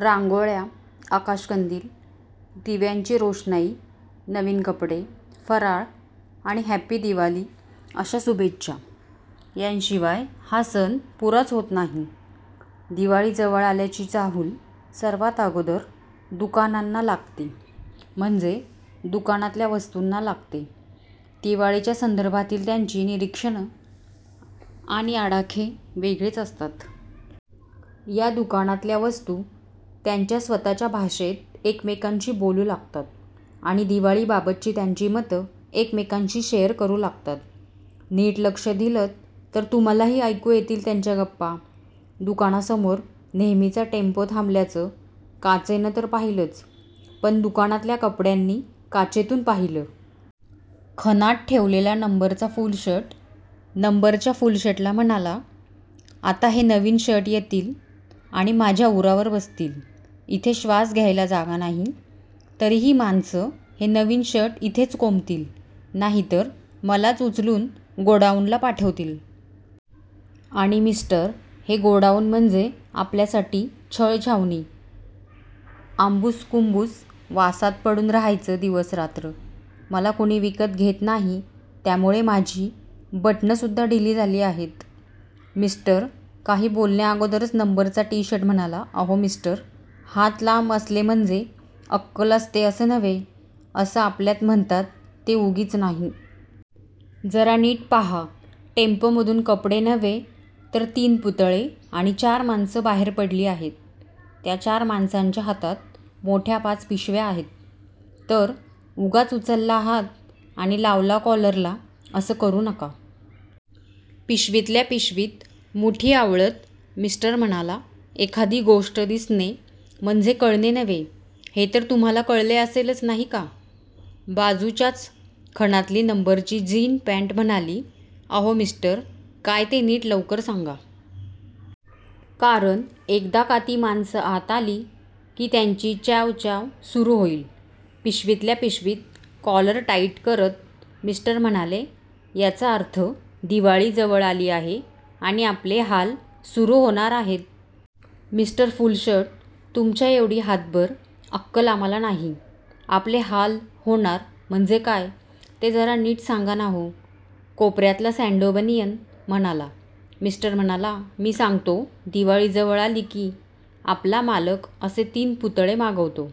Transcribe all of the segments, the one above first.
रांगोळ्या, आकाशकंदील, दिव्यांची रोषणाई, नवीन कपडे, फराळ आणि 'हॅपी दिवाली' अशा शुभेच्छा… यांशिवाय हा सण पुराच होत नाही. दिवाळी जवळ आल्याची चाहूल सर्वांत अगोदर दुकानांना लागते, म्हणजे दुकानातल्या वस्तूंना लागते. दिवाळीच्या संदर्भातील त्यांची निरीक्षणं आणि आडाखे वेगळेच असतात. या दुकानातल्या वस्तू त्यांच्या स्वतःच्या भाषेत एकमेकांशी बोलू लागतात... आणि 'दिवाळी'बाबतची त्यांची मतं एकमेकांशी शेअर करू लागतात. नीट लक्ष दिलंत तर तुम्हांलाही ऐकू येतील त्यांच्या गप्पा...! दुकानासमोर नेहमीचा टेम्पो थांबल्याचं काचेनं तर पाहिलंच, पण दुकानातल्या कपड्यांनी काचेतून पाहिलं. खणात ठेवलेला नंबरचा फुलशर्ट, नंबरच्या फुलशर्टला म्हणाला, "आता हे नवीन शर्ट येतील आणि माझ्या उरावर बसतील. इथे श्वास घ्यायला जागा नाही, तरी ही माणसं हे नवीन शर्ट इथेच कोंबतील, नाहीतर मलाच उचलून गोडाऊनला पाठवतील. आणि मिस्टर, हे गोडाऊन म्हणजे आपल्यासाठी छळछावणी. आंबुस-कुंबूस वासात पडून राहायचं दिवस-रात्र! मला कुणी विकत घेत नाही, त्यामुळे माझी बटणंसुद्धा ढिली झाली आहेत. " मिस्टर काही बोलण्याअगोदरच नंबरचा टीशर्ट म्हणाला, "अहो मिस्टर, 'हात लांब असले म्हणजे अक्कल असते असं नव्हे' असं आपल्यात म्हणतात ते उगीच नाही. जरा नीट पाहा. टेम्पोमधून कपडे नव्हे, तर तीन पुतळे आणि चार माणसं बाहेर पडली आहेत. त्या चार माणसांच्या हातात मोठ्या पाच पिशव्या आहेत. तर.. 'उगाच उचलला हात आणि लावला कॉलरला' असं करू नका. " पिशवीतल्या पिशवीत मुठी आवळत मिस्टर म्हणाला, "'एखादी गोष्ट दिसणे म्हणजे कळणे नव्हे' हे तर तुम्हांला कळले असेलच नाही का? " बाजूच्याच खणातली नंबरची जीन पॅण्ट म्हणाली, "अहो मिस्टर, काय ते नीट लवकर सांगा. कारण एकदा का ती माणसं आत आली की, त्यांची च्याँव च्याँव सुरू होईल. " पिशवीतल्या पिशवीत कॉलर टाइट करत मिस्टर म्हणाले, "याचा अर्थ दिवाळी जवळ आली आहे आणि आपले हाल सुरू होणार आहेत.. " "मिस्टर फुलशर्ट, तुमच्याएवढी हातभर अक्कल आम्हांला नाही. 'आपले हाल होणार म्हणजे काय? ' ते जरा नीट सांगा ना हो.. " कोपर्यातला सॅण्डो बनियन म्हणाला. मिस्टर म्हणाला, "मी सांगतो. दिवाळी जवळ आली की, आपला मालक असे तीन पुतळे मागवतो.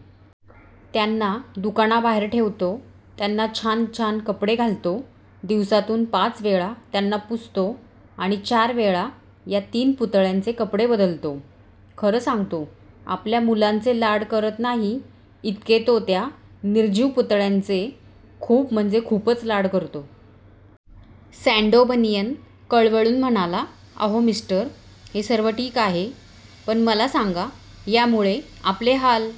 त्यांना दुकानाबाहेर ठेवतो. त्यांना छान छान कपडे घालतो. दिवसातून पाच वेळा त्यांना पुसतो आणि चार वेळा या तीन पुतळ्यांचे कपडे बदलतो. खरं सांगतो, आपल्या मुलांचे लाड करत नाही इतके तो त्या निर्जीव पुतळ्यांचे खूप म्हणजे खूपच लाड करतो. " सॅण्डो बनियन कळवळून म्हणाला, "अहो मिस्टर, हे सर्व ठीक आहे. पण मला सांगा, यामुळे आपले हाल